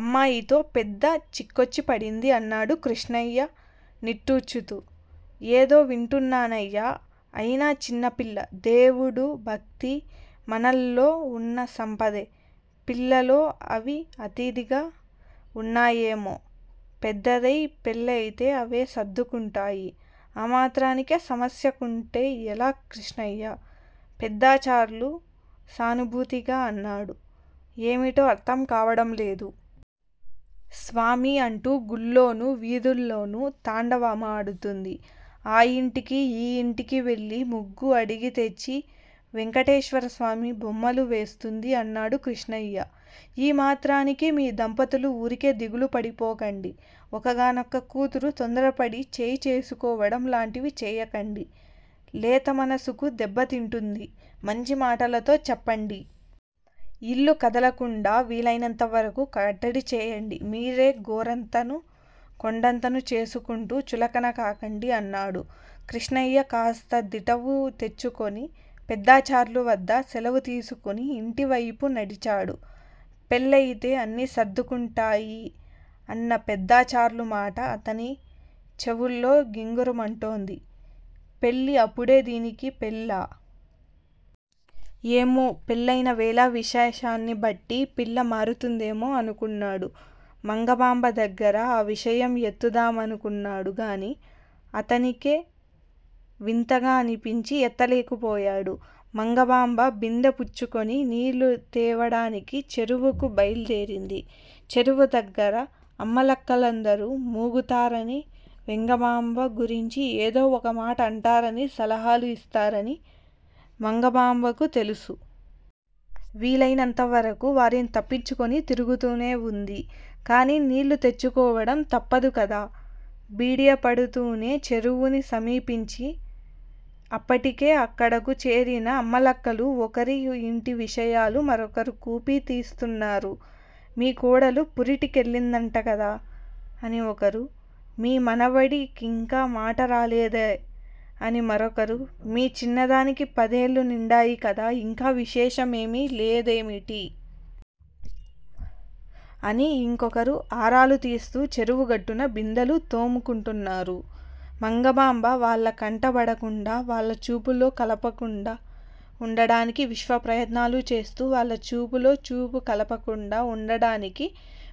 అమ్మాయితో పెద్ద చిక్కొచ్చి పడింది అన్నాడు కృష్ణయ్య నిట్టూర్చుతూ. ఏదో వింటున్నానయ్యా. అయినా చిన్నపిల్ల. దేవుడూ, భక్తీ మనల్లో ఉన్న సంపదే. పిల్లలో అవి అతిగా ఉన్నాయేమో. పెద్దదై, పెళ్ళయితే అవే సర్దుకుంటాయి. ఆమాత్రానికే సమస్యకుంటే ఎలా కృష్ణయ్య? పెద్దాచార్లు సానుభూతిగా అన్నాడు. ఏమిటో అర్థం కావడం లేదు. స్వామి అంటూ గుళ్ళోనూ, వీథుల్లోనూ తాండవమాడుతుంది. ఆ ఇంటికీ ఈ ఇంటికీ వెళ్ళి ముగ్గు అడిగితెచ్చి వెంకటేశ్వరస్వామి బొమ్మలు వేస్తుంది అన్నాడు కృష్ణయ్య. ఈ మాత్రానికే మీ దంపతులు ఊరికే దిగులుపడిపోకండి. ఒక్కగానొక్క కూతురు తొందరపడి చేయి చేసుకోవడం లాంటివి చేయకండి. లేతమనసు దెబ్బతింటుంది. మంచి మాటలతో చెప్పండి. ఇల్లు కదలకుండా వీలైనంతవరకు కట్టడి చేయండి. మీరే గోరంతను కొండంతలు చేసుకుంటూ చులకనకాకండి అన్నాడు. కృష్ణయ్య కాస్త దిటవు తెచ్చుకుని పెద్దాచార్లు వద్ద సెలవు తీసుకుని ఇంటివైపు నడిచాడు. పెళ్ళయితే అన్నీ సర్దుకుంటాయి అన్న పెద్దాచార్లు మాట అతని చెవుల్లో గింగురుమంటోంది. పెళ్ళి! అప్పుడే దీనికి పెళ్ళా? ఏమో! పెళ్ళయిన వేళావిశేషాన్ని బట్టి పిల్ల మారుతుందేమో అనుకున్నాడు. మంగమాంబ దగ్గర ఆ విషయం ఎత్తుదామను కున్నాడు గానీ, అతనికే వింతగా అనిపించి ఎత్తలేకపోయాడు. మంగమాంబ బిందె పుచ్చుకొని నీళ్ళు తేవడానికి చెరువుకు బయలు దేరింది. చెరువు దగ్గర అమ్మలక్కలందరూ మూగుతారనీ, వెంగమాంబ గురించి ఏదో ఒక మాట అంటారనీ, సలహాలు ఇస్తారనీ మంగమాంబకు తెలుసు. వీలయినంతవరకు వారిని తప్పించుకుని తిరుగుతూనే ఉంది. కానీ నీళ్ళు తెచ్చుకోవడం తప్పదుకదా! బిడియపడుతూనే చెరువుని సమీపించి. అప్పటికే అక్కడకు చేరిన అమ్మలక్కలు ఒకరి ఇంటి విషయాలు మరొకరు కూపీ తీస్తున్నారు. మీ కోడలు పురిటి కెళ్ళిందంటకదా? అని ఒకరు, మీ మనవడి కింకా మాటరాలేదే? అని మరొకరు, మీ చిన్నదానికి పదేళ్ళు నిండాయి కదా, ఇంకా విశేషమేమీ లేదేమిటి? అని ఇంకొకరు ఆరాలు తీస్తూ, చెరువు గట్టున బిందెలు తోముకుంటున్నారు. మంగమాంబ వాళ్ళ కంట బడకుండా, వాళ్ళ చూపులో చూపు కలపకుండా ఉండడానికి విశ్వప్రయత్నాలు చేస్తూ, వాళ్ళ చూపులో చూపు కలపకుండా ఉండడానికి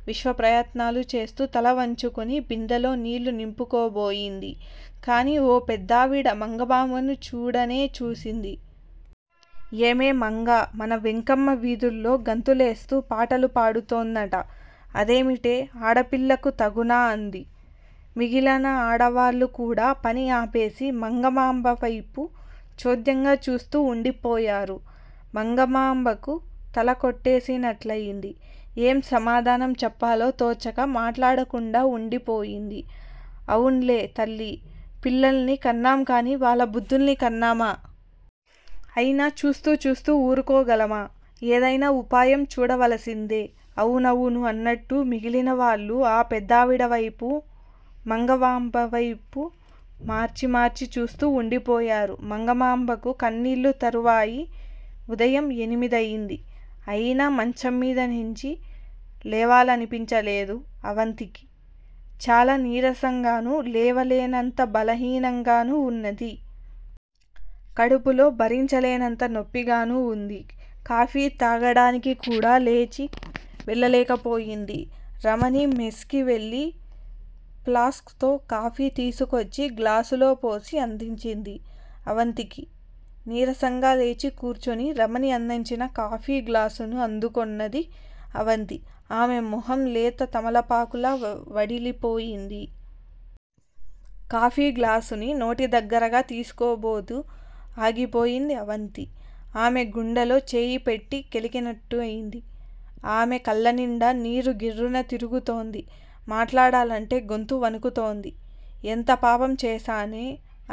విశ్వప్రయత్నాలు చేస్తూ, తలవంచుకుని బిందెలో నీళ్ళు నింపుకోబోయింది. కానీ, ఓ పెద్దావిడ మంగమాంబను చూడనే చూసింది. ఏమే, మంగా, మన వెంకమ్మ వీథుల్లో గంతులేస్తూ పాటలు పాడు తోందట. అదేమిటే, ఆడపిల్లకు తగునా? అంది. మిగిలిన ఆడవాళ్ళు కూడా పని ఆపేసి, మంగమాంబవైపు చోద్యంగా చూస్తూ ఉండిపోయారు. మంగమాంబకు తలకొట్టేసినట్లయింది. ఏం సమాధానం చెప్పాలో తోచక మాట్లాడకుండా ఉండిపోయింది. అవున్లే తల్లీ, పిల్లల్ని కన్నాంకానీ, వాళ్ళ బుద్ధుల్ని కన్నామా? అయినా చూస్తూ చూస్తూ ఊరుకోగలమా! ఏదైనా ఉపాయం చూడవలసిందె అవునవును అన్నట్టు మిగిలిన వాళ్ళు ఆ పెద్దావిడవైపు, మంగమాంబవైపు మార్చి మార్చి చూస్తూ ఉండిపోయారు. మంగమాంబకు కన్నీళ్ళు తరువాయి। ఉదయం ఎనిమిదయింది. అయినా మంచంమీద నించి లేవాలనిపించలేదు అవంతికి. చాలా నీరసంగానూ, లేవలేనంత బలహీనంగానూ వున్నది. కడుపులో భరించలేనంత నొప్పిగానూ వుంది. కాఫీ తాగడానికి కూడా లేచి వెళ్ళలేకపోయింది. రమణి మెస్ కి వెళ్ళి ప్లాస్క్ తో కాఫీ తీసుకొచ్చి గ్లాసులో పోసి అందించింది అవంతికి. నీరసంగా లేచి కూర్చుని రమణి అందించిన కాఫీ గ్లాసుని అందుకొన్నది అవంతి. ఆమె మొహం లేత తమలపాకులా వడిలిపోయింది. కాఫీ గ్లాసుని నోటి దగ్గరగా తీసుకోబోతూ ఆగిపోయింది అవంతి. ఆమె గుండెలో చెయ్యి పెట్టి కెలికినట్టయింది. ఆమె కళ్ళనిండా నీరు గిర్రున తిరుగుతోంది. మాట్లాడాలంటే గొంతు వణుకుతోంది. ఎంత పాపం చేశానే!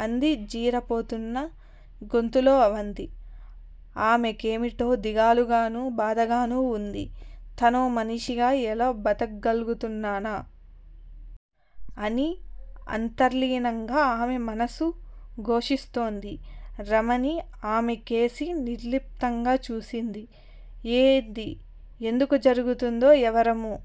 అంది జీరపోతున్న గొంతులో అవంతి. ఆమెకేమిటో దిగాలుగానూ, బాధగానూ వుంది. తనో మనిషిగా ఎలా బతగ్గలుగుతున్నానా! అని అంతర్లీనంగా ఆమె మనసు ఘోషిస్తోంది. రమణి ఆమెకేసి నిర్లిప్తంగా చూసింది. ఏది ఎందుకు జరుగుతుందో ఎవరమూ